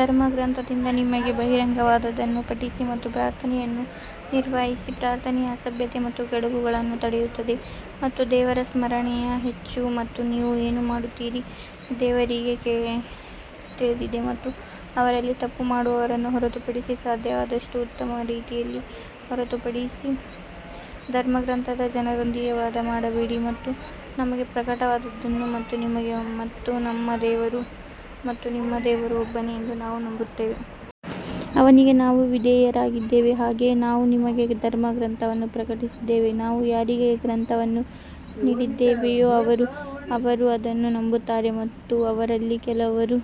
ಧರ್ಮಗ್ರಂಥದಿಂದ ನಿಮಗೆ ಬಹಿರಂಗವಾದದ್ದನ್ನು ಪಠಿಸಿ ಮತ್ತು ಪ್ರಾರ್ಥನೆಯನ್ನು ನಿರ್ವಹಿಸಿ ಪ್ರಾರ್ಥನೆಯು ಅಸಭ್ಯತೆ ಮತ್ತು ಕೆಡುಕುಗಳನ್ನು ತಡೆಯುತ್ತದೆ ಮತ್ತು ದೇವರ ಸ್ಮರಣೆಯು ಹೆಚ್ಚು ಮತ್ತು ನೀವು ಏನು ಮಾಡುತ್ತೀರಿ ಎಂದು ದೇವರಿಗೆ ತಿಳಿದಿದೆ ಮತ್ತು ಅವರಲ್ಲಿ ತಪ್ಪು ಮಾಡುವವರನ್ನು ಹೊರತುಪಡಿಸಿ ಸಾಧ್ಯವಾದಷ್ಟು ಉತ್ತಮ ರೀತಿಯಲ್ಲಿ ಹೊರತುಪಡಿಸಿ ಧರ್ಮಗ್ರಂಥದ ಜನರೊಂದಿಗೆ ವಾದ ಮಾಡಬೇಡಿ ಮತ್ತು ನಮಗೆ ಪ್ರಕಟವಾದದ್ದನ್ನು ಮತ್ತು ನಿಮಗೆ ಮತ್ತು ನಮ್ಮ ದೇವರು ಮತ್ತು ನಿಮ್ಮ ದೇವರು ಒಬ್ಬನೇ ಎಂದು ನಾವು ನಂಬುತ್ತೇವೆ. ಅವನಿಗೆ ನಾವು ವಿಧೇಯರಾಗಿದ್ದೇವೆ ಹಾಗೆಯೇ ನಾವು ನಿಮಗೆ ಧರ್ಮಗ್ರಂಥವನ್ನು ಪ್ರಕಟಿಸಿದ್ದೇವೆ, ನಾವು ಯಾರಿಗೆ ಗ್ರಂಥವನ್ನು ನೀಡಿದ್ದೇವೆಯೋ ಅವರು ಅದನ್ನು ನಂಬುತ್ತಾರೆ ಮತ್ತು ಅವರಲ್ಲಿ ಕೆಲವರು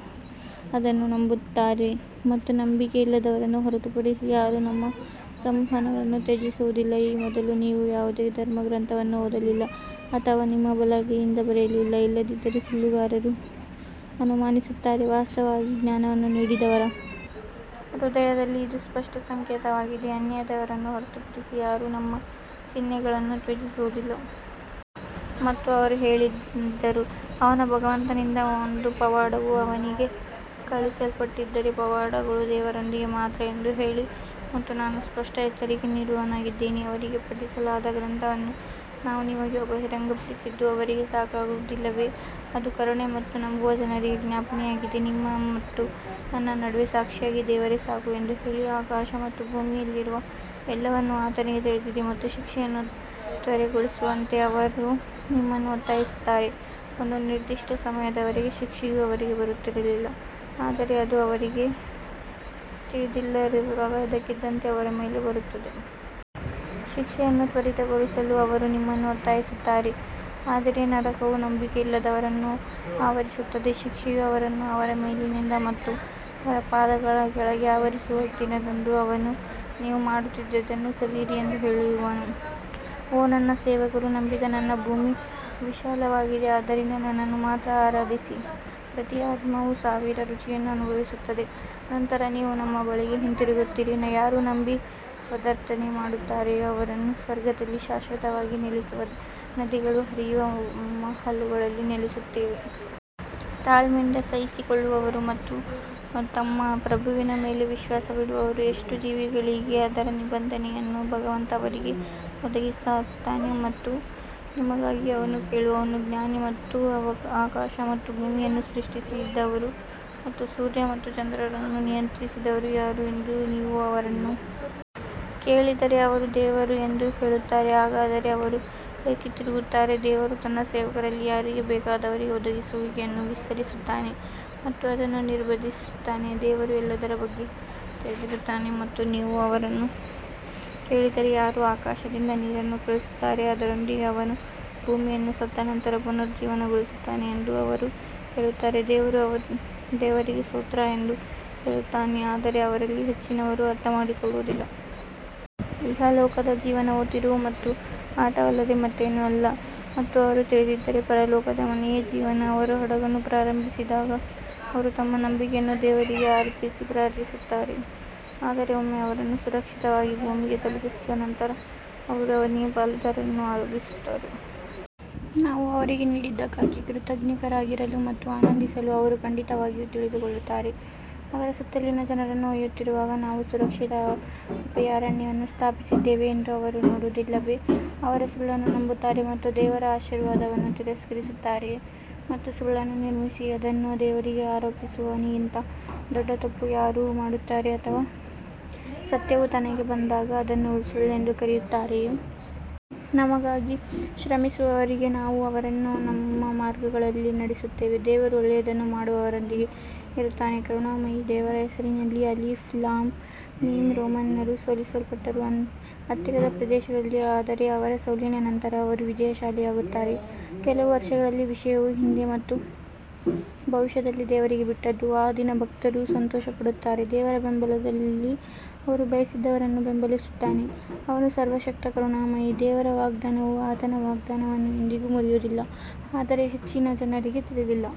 ಅದನ್ನು ನಂಬುತ್ತಾರೆ ಮತ್ತು ನಂಬಿಕೆಯಿಲ್ಲದವರನ್ನು ಹೊರತುಪಡಿಸಿ ಯಾರೂ ನಮ್ಮ ಸಂವಹನಗಳನ್ನು ತ್ಯಜಿಸುವುದಿಲ್ಲ. ಈ ಮೊದಲು ನೀವು ಯಾವುದೇ ಧರ್ಮಗ್ರಂಥವನ್ನು ಓದಲಿಲ್ಲ ಅಥವಾ ನಿಮ್ಮ ಬಲಗೈಯಿಂದ ಬರೆಯಲಿಲ್ಲ ಇಲ್ಲದಿದ್ದರೆ ಸುಳ್ಳುಗಾರರು ಅನುಮಾನಿಸುತ್ತಾರೆ ವಾಸ್ತವವಾಗಿ, ಜ್ಞಾನವನ್ನು ನೀಡಿದವರ ಹೃದಯದಲ್ಲಿ ಇದು ಸ್ಪಷ್ಟ ಸಂಕೇತವಾಗಿದೆ, ಅನ್ಯಾಯದವರನ್ನು ಹೊರತುಪಡಿಸಿ ಯಾರೂ ನಮ್ಮ ಚಿಹ್ನೆಗಳನ್ನು ತ್ಯಜಿಸುವುದಿಲ್ಲ. ಮತ್ತು ಅವರು ಹೇಳಿದರು, ಅವನ ಭಗವಂತನಿಂದ ಒಂದು ಪವಾಡವು ಅವನಿಗೆ ಕಳುಹಿಸಲ್ಪಟ್ಟಿದ್ದರೆ, ಪವಾಡಗಳು ದೇವರೊಂದಿಗೆ ಮಾತ್ರ ಎಂದು ಹೇಳಿ ಮತ್ತು ನಾನು ಸ್ಪಷ್ಟ ಎಚ್ಚರಿಕೆ ನೀಡುವವನಾಗಿದ್ದೇನೆ. ಅವರಿಗೆ ಪಠಿಸಲಾದ ಗ್ರಂಥವನ್ನು ನಾವು ನಿಮಗೆ ಬಹಿರಂಗಪಡಿಸಿದ್ದು ಅವರಿಗೆ ಸಾಕಾಗುವುದಿಲ್ಲವೇ ಅದು ಕರುಣೆ ಮತ್ತು ನಂಬುವ ಜನರಿಗೆ ಜ್ಞಾಪನೆಯಾಗಿದೆ ನಿಮ್ಮ ಮತ್ತು ನನ್ನ ನಡುವೆ ಸಾಕ್ಷಿಯಾಗಿ ದೇವರೇ ಸಾಕು ಎಂದು ಹೇಳಿ ಆಕಾಶ ಮತ್ತು ಭೂಮಿಯಲ್ಲಿರುವ ಎಲ್ಲವನ್ನೂ ಆತನಿಗೆ ತಿಳಿದಿದೆ ಮತ್ತು ಶಿಕ್ಷೆಯನ್ನು ತ್ವರೆಗೊಳಿಸುವಂತೆ ಅವರು ನಿಮ್ಮನ್ನು ಒತ್ತಾಯಿಸುತ್ತಾರೆ, ಒಂದು ನಿರ್ದಿಷ್ಟ ಸಮಯದವರೆಗೆ ಶಿಕ್ಷೆಯು ಅವರಿಗೆ ಬರುತ್ತಿರಲಿಲ್ಲ ಆದರೆ ಅದು ಅವರಿಗೆ ತಿಳಿದಿಲ್ಲದಿರುವಾಗ ಇದ್ದಕ್ಕಿದ್ದಂತೆ ಅವರ ಮೇಲೆ ಬರುತ್ತದೆ. ಶಿಕ್ಷೆಯನ್ನು ತ್ವರಿತಗೊಳಿಸಲು ಅವರು ನಿಮ್ಮನ್ನು ಒತ್ತಾಯಿಸುತ್ತಾರೆ ಆದರೆ ನರಕವು ನಂಬಿಕೆಯಿಲ್ಲದವರನ್ನು ಆವರಿಸುತ್ತದೆ ಶಿಕ್ಷೆಯು ಅವರನ್ನು ಅವರ ಮೇಲಿನಿಂದ ಮತ್ತು ಅವರ ಪಾದಗಳ ಕೆಳಗೆ ಆವರಿಸುವ ದಿನದಂದು ಅವನು ನೀವು ಮಾಡುತ್ತಿದ್ದುದನ್ನು ಸವಿಯಿರಿ ಎಂದು ಹೇಳುವನು. ಓ ನನ್ನ ಸೇವಕರು ನಂಬಿದ ನನ್ನ ಭೂಮಿ ವಿಶಾಲವಾಗಿದೆ ಆದ್ದರಿಂದ ನನ್ನನ್ನು ಮಾತ್ರ ಆರಾಧಿಸಿ ಪ್ರತಿ ಆತ್ಮವು ಸಾವಿನ ರುಚಿಯನ್ನು ಅನುಭವಿಸುತ್ತದೆ ನಂತರ ನೀವು ನಮ್ಮ ಬಳಿಗೆ ಹಿಂತಿರುಗುತ್ತೀರಿ ಯಾರು ನಂಬಿ ಸದ್ವರ್ತನೆ ಮಾಡುತ್ತಾರೆಯೋ ಅವರನ್ನು ಸ್ವರ್ಗದಲ್ಲಿ ಶಾಶ್ವತವಾಗಿ ನೆಲೆಸುವ ನದಿಗಳು ಹರಿಯುವ ಮಹಲುಗಳಲ್ಲಿ ನೆಲೆಸುತ್ತೇವೆ. ತಾಳ್ಮೆಯಿಂದ ಸಹಿಸಿಕೊಳ್ಳುವವರು ಮತ್ತು ತಮ್ಮ ಪ್ರಭುವಿನ ಮೇಲೆ ವಿಶ್ವಾಸವಿಡುವವರು ಎಷ್ಟು ಜೀವಿಗಳಿವೆ ಅದರ ನಿಬಂಧನೆಯನ್ನು ಭಗವಂತ ಅವರಿಗೆ ಒದಗಿಸುತ್ತಾನೆ ಮತ್ತು ನಿಮಗಾಗಿ ಅವನು ಕೇಳುವವನು ಜ್ಞಾನಿ ಮತ್ತು ಆಕಾಶ ಮತ್ತು ಭೂಮಿಯನ್ನು ಸೃಷ್ಟಿಸಿದವರು ಮತ್ತು ಸೂರ್ಯ ಮತ್ತು ಚಂದ್ರರನ್ನು ನಿಯಂತ್ರಿಸಿದವರು ಯಾರು ಎಂದು ನೀವು ಅವರನ್ನು ಕೇಳಿದರೆ ಅವರು ದೇವರು ಎಂದು ಹೇಳುತ್ತಾರೆ ಹಾಗಾದರೆ ಅವರು ಏಕೆ ತಿರುಗುತ್ತಾರೆ ದೇವರು ತನ್ನ ಸೇವಕರಲ್ಲಿ ಯಾರಿಗೆ ಬೇಕಾದವರಿಗೆ ಒದಗಿಸುವಿಕೆಯನ್ನು ವಿಸ್ತರಿಸುತ್ತಾನೆ ಮತ್ತು ಅದನ್ನು ನಿರ್ಬಂಧಿಸುತ್ತಾನೆ ದೇವರು ಎಲ್ಲದರ ಬಗ್ಗೆ ತಿಳಿದಿರುತ್ತಾನೆ ಮತ್ತು ನೀವು ಅವರನ್ನು ಕೇಳಿದರೆ ಯಾರು ಆಕಾಶದಿಂದ ನೀರನ್ನು ಕಳುಹಿಸುತ್ತಾರೆ, ಅದರೊಂದಿಗೆ ಅವನು ಭೂಮಿಯನ್ನು ಸತ್ತ ನಂತರ ಪುನರುಜ್ಜೀವನಗೊಳಿಸುತ್ತಾನೆ ಎಂದು ಅವರು ಹೇಳುತ್ತಾರೆ, ದೇವರು ದೇವರಿಗೆ ಸ್ತೋತ್ರ ಎಂದು ಹೇಳುತ್ತಾನೆ ಆದರೆ ಅವರಲ್ಲಿ ಹೆಚ್ಚಿನವರು ಅರ್ಥಮಾಡಿಕೊಳ್ಳುವುದಿಲ್ಲ. ಇಹಲೋಕದ ಜೀವನವು ತಿರುವು ಮತ್ತು ಆಟವಲ್ಲದೇ ಮತ್ತೇನೂ ಅಲ್ಲ ಮತ್ತು ಅವರು ತಿಳಿದಿದ್ದರೆ ಪರಲೋಕದ ಮನೆಯೇ ಜೀವನ ಅವರು ಹಡಗನ್ನು ಪ್ರಾರಂಭಿಸಿದಾಗ ಅವರು ತಮ್ಮ ನಂಬಿಕೆಯನ್ನು ದೇವರಿಗೆ ಅರ್ಪಿಸಿ ಪ್ರಾರ್ಥಿಸುತ್ತಾರೆ ಆದರೆ ಒಮ್ಮೆ ಅವರನ್ನು ಸುರಕ್ಷಿತವಾಗಿ ಭೂಮಿಗೆ ತಲುಪಿಸಿದ ನಂತರ ಅವರು ಅವನಿಗೆ ಪಾಲುದಾರರನ್ನು ಆರೋಪಿಸುತ್ತಾರೆ. ನಾವು ಅವರಿಗೆ ನೀಡಿದ್ದಕ್ಕಾಗಿ ಕೃತಜ್ಞರಾಗಿರಲು ಮತ್ತು ಆನಂದಿಸಲು ಅವರು ಖಂಡಿತವಾಗಿಯೂ ತಿಳಿದುಕೊಳ್ಳುತ್ತಾರೆ ಅವರ ಸುತ್ತಲಿನ ಜನರನ್ನು ಒಯ್ಯುತ್ತಿರುವಾಗ ನಾವು ಸುರಕ್ಷಿತ ಅಭಯಾರಣ್ಯವನ್ನು ಸ್ಥಾಪಿಸಿದ್ದೇವೆ ಎಂದು ಅವರು ನೋಡುವುದಿಲ್ಲವೇ ಅವರು ಸುಳ್ಳನ್ನು ನಂಬುತ್ತಾರೆ ಮತ್ತು ದೇವರ ಆಶೀರ್ವಾದವನ್ನು ತಿರಸ್ಕರಿಸುತ್ತಾರೆಯೇ? ಮತ್ತು ಸುಳ್ಳನ್ನು ನಿರ್ಮಿಸಿ ಅದನ್ನು ದೇವರಿಗೆ ಆರೋಪಿಸುವವನಿಗಿಂತ ದೊಡ್ಡ ತಪ್ಪು ಯಾರು ಮಾಡುತ್ತಾರೆ ಅಥವಾ ಸತ್ಯವು ತನಗೆ ಬಂದಾಗ ಅದನ್ನು ಸುಳ್ಳೆಂದು ಕರೆಯುತ್ತಾರೆಯೇ? ನಮಗಾಗಿ ಶ್ರಮಿಸುವವರಿಗೆ ನಾವು ಅವರನ್ನು ನಮ್ಮ ಮಾರ್ಗಗಳಲ್ಲಿ ನಡೆಸುತ್ತೇವೆ, ದೇವರು ಒಳ್ಳೆಯದನ್ನು ಮಾಡುವವರೊಂದಿಗೆ ಇರುತ್ತಾನೆ ಕರುಣಾಮಯಿ ದೇವರ ಹೆಸರಿನಲ್ಲಿ ಅಲಿಫ್ ಲಾಮ್ ಮೀಮ್ ರೋಮನ್ನರು ಸೋಲಿಸಲ್ಪಟ್ಟರು ಹತ್ತಿರದ ಪ್ರದೇಶದಲ್ಲಿ ಆದರೆ ಅವರ ಸೋಲಿನ ನಂತರ ಅವರು ವಿಜಯಶಾಲಿಯಾಗುತ್ತಾರೆ ಕೆಲವು ವರ್ಷಗಳಲ್ಲಿ ವಿಷಯವು ಹಿಂದೆ ಮತ್ತು ಭವಿಷ್ಯದಲ್ಲಿ ದೇವರಿಗೆ ಬಿಟ್ಟದ್ದು ಆ ದಿನ ಭಕ್ತರು ಸಂತೋಷಪಡುತ್ತಾರೆ ದೇವರ ಬೆಂಬಲದಲ್ಲಿ ಅವನು ಬಯಸಿದವರನ್ನು ಬೆಂಬಲಿಸುತ್ತಾನೆ ಅವನು ಸರ್ವಶಕ್ತ ಕರುಣಾಮಯಿ ದೇವರ ವಾಗ್ದಾನವು ಆತನ ವಾಗ್ದಾನವನ್ನು ಎಂದಿಗೂ ಮುರಿಯುವುದಿಲ್ಲ ಆದರೆ ಹೆಚ್ಚಿನ ಜನರಿಗೆ ತಿಳಿದಿಲ್ಲ.